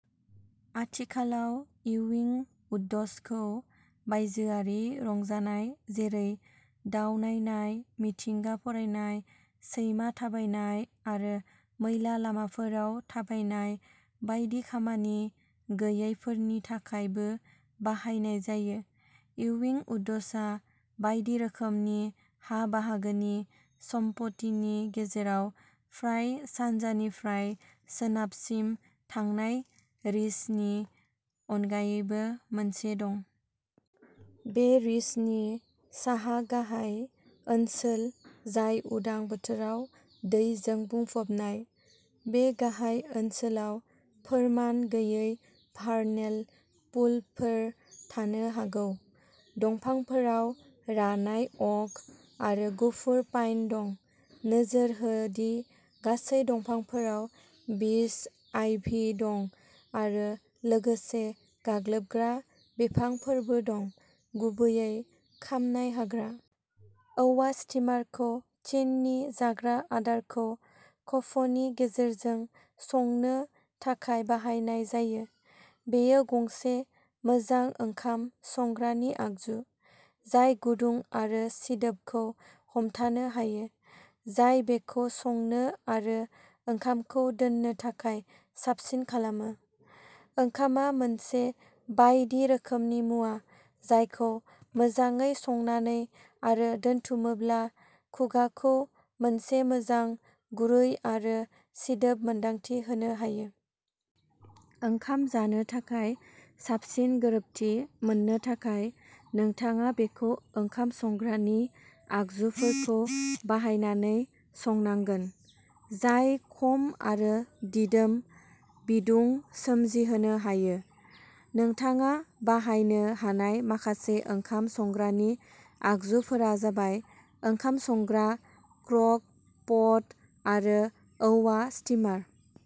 आथिखालाव, इउइं उड्सखौ बायजोआरि रंजानाय जेरै दाव नायनाय, मिथिंगा फरायनाय, सैमा थाबायनाय आरो मैला लामाफोराव थाबायनाय बायदि खामानि गैयैफोरनि थाखायबो बाहायनाय जायो। इउइं उड्सआ बायदि रोखोमनि हा-बाहागोनि। सम्पथिनि गेजेराव फ्राय सानजानिफ्राय सोनाबसिम थांनाय रिजनि अनगायैबो, मोनसे दं। बे रिजनि साहा गाहाय ओनसोल जाय उदां बोथोराव दैजों बुंफबनाय। बे गाहाय ओनसोलाव फोरमान गैयै भार्नेल पुलफोर थानो हागौ। दंफांफोराव रानाय अक आरो गुफुर पाइन दं। नोजोर हो दि गासै दंफांफोराव बिस आइभि दं आरो लोगोसे गाग्लोबग्रा बिफांफोरबो दं, गुबैयै "खामनाय हाग्रा"। औवा स्टिमारखौ चीननि जाग्रा आदारखौ खफनि गेजेरजों संनो थाखाय बाहायनाय जायो। बेयो गंसे मोजां ओंखाम संग्रानि आगजु, जाय गुदुं आरो सिदोबखौ हमथानो हायो, जाय बेखौ संनो आरो ओंखामखौ दोननो थाखाय साबसिन खालामो। ओंखामआ मोनसे बायदि रोखोमनि मुवा, जायखौ मोजाङै संनानै आरो दोनथुमोब्ला, खुगाखौ मोनसे मोजां गुरै आरो सिदोब मोनदांथि होनो हायो। ओंखाम जानो थाखाय साबसिन गोरोबथि मोननो थाखाय, नोंथाङा बेखौ ओंखाम संग्रानि आगजुफोरखौ बाहायनानै संनांगोन, जाय खम आरो दिदोम बिदुं सोमजिहोनो हायो। नोंथाङा बाहायनो हानाय माखासे ओंखाम संग्रानि आगजुफोरा जाबाय ओंखाम संग्रा, क्रक-पट आरो औवा स्टिमार।